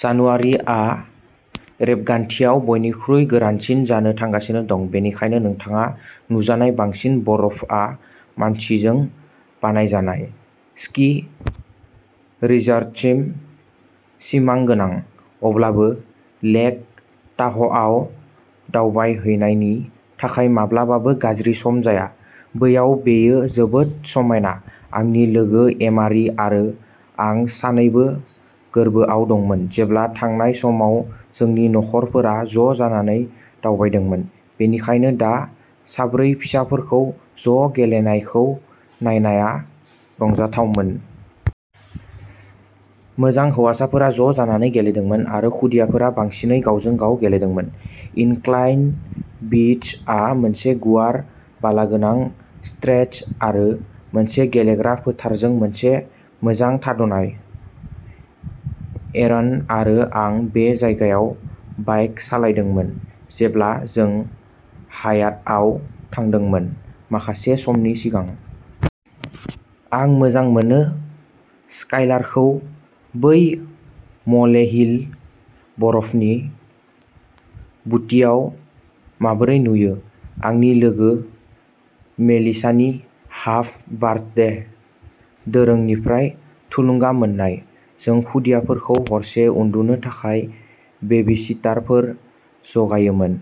जानुवारिआ रेबगान्थियाव बयनिख्रुइ गोरानसिन जानो थांगासिनो दं बेनिखायनो नोंथाङा नुजानाय बांसिन बरफआ मानसिजों बानायजानाय, स्कि रिसर्टसिम सिमा गोनां। अब्लाबो, लेक ताह'आव दावबायहैनायनि थाखाय माब्लाबाबो गाज्रि सम जाया। बैयाव बेयो जोबोद समायना। आंनि लोगो एमारि आरो आं सानैबो गोर्बोआव दंमोन जेब्ला थांनाय समाव जोंनि नखरफोरा ज' जानानै दावबायदोंमोन, बेनिखायनो दा साब्रै फिसाफोरखौ ज' गेलेनायखौ नायनाया रंजाथावमोन। मोजां, हौवासाफोरा ज' जानानै गेलेदोंमोन आरो खुदियाफोरा बांसिनै गावजों-गाव गेलेदोंमोन। इनक्लाइन बीचआ मोनसे गुवार बालागोनां स्ट्रेच आरो मोनसे गेलेग्रा फोथारजों मोनसे मोजां थाद'नाय। एरन आरो आं बे जायगायाव बाइक सालायदोंमोन जेब्ला जों हायातआव थादोंमोन, माखासे समनि सिगां। आं मोजां मोनो स्काइलारखौ बै म'लेहिल बरफनि बुटियाव माबोरै नुयो आंनि लोगो मेलिसानि हाफ बार्थडे दोरोंनिफ्राय थुलुंगा मोननाय। जों खुदियाफोरखौ हरसे उन्दुनो थाखाय बेबिसिटारफोर जगायोमोन,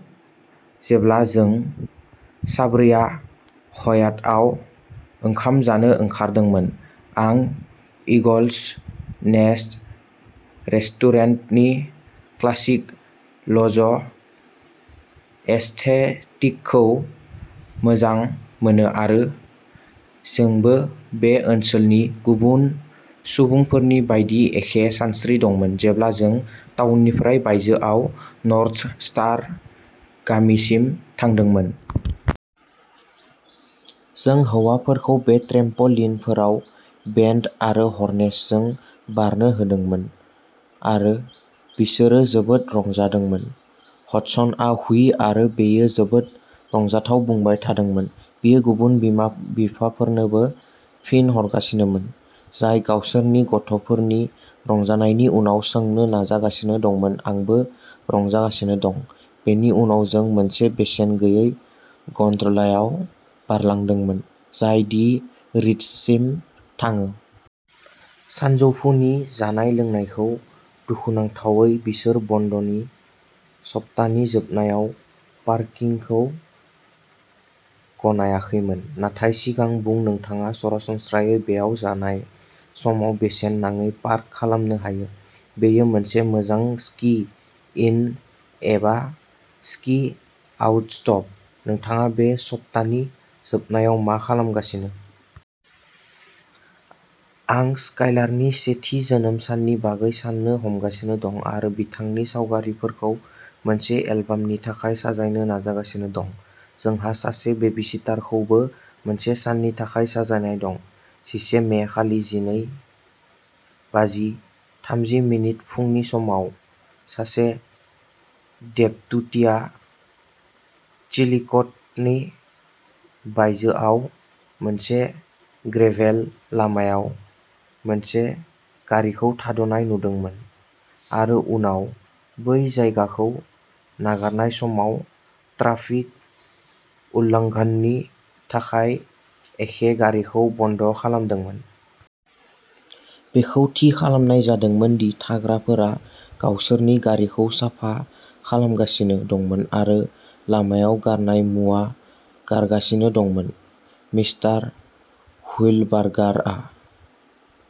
जेब्ला जों साब्रैया हयातआव ओंखाम जानो ओंखारदोंमोन। आं इगल'स नेस्ट रेस्टुरेन्टनि क्लासिक ल'ज एस्थेटिकखौ मोजां मोनो आरो जोंबो बे ओनसोलनि गुबुन सुबुंफोरनि बायदि एखे सानस्रि दंमोन जेब्ला जों टाउननिफ्राय बायजोआव नर्थस्टार गामिसिम थांदोंमोन। जों हौवाफोरखौ बे ट्रेम्प' लिनफोराव बेन्ड आरो हार्नेसजों बारनो होदोंमोन आरो बिसोरो जोबोद रंजादोंमोन। हडसनआ व्ही आरो बेयो जोबोद रंजाथाव बुंबाय थादोंमोन, बियो गुबुन बिमा-बिफाफोरनोबो फिन हरगासिनोमोन, जाय गावसोरनि गथ'फोरनि रंजानायनि उनाव सोंनो नाजागासिनो दंमोन आंबो रंजागासिनो दं बेनि उनाव जों मोनसे बेसेन गैयै गन्ड'लायाव बारलांदोंमोन, जाय दि रिट्जसिम थाङो। सानजौफुनि जानाय लोंनायखौ। दुखुनांथावै बिसोर बन्दनि सप्तानि जोबनायाव पार्किंखौ गनायाखैमोन, नाथाय सिगां बुं नोंथाङा सरासनस्रायै बेयाव जानाय समाव बेसेन नाङै पार्क खालामनो हायो। बेयो मोनसे मोजां स्कि इन एबा स्कि आउट स्टप। नोंथाङा बे सप्तानि जोबनायाव मा खालामगासिनो? आं स्काइलारनि से थि जोनोम साननि बागै साननो हमगासिनो दं आरो बिथांनि सावगारिफोरखौ मोनसे एलबामनि थाखाय साजायनो नाजागासिनो दं। जोंहा सासे बेबिसिटारखौबो मोनसे साननि थाखाय साजायनाय दं। जिसे मे, खालि जिनै बाजि थामजि मिनिट फुंनि समाव सासे डेप्युटीया चिलिक'थनि बायजोआव मोनसे ग्रेभेल लामायाव मोनसे गारिखौ थाद'नाय नुदोंमोन आरो उनाव बै जायगाखौ नागारनाय समाव ट्राफिक उल्लङ्घननि थाखाय एखे गारिखौ बन्द' खालामदोंमोन। बेखौ थि खालामनाय जादोंमोन दि थाग्राफोरा गावसोरनि गारिखौ साफा खालामगासिनो दंमोन आरो लामायाव गारनाय मुवा गारगासिनो दंमोन। मिस्टार हुइलबार्गारआ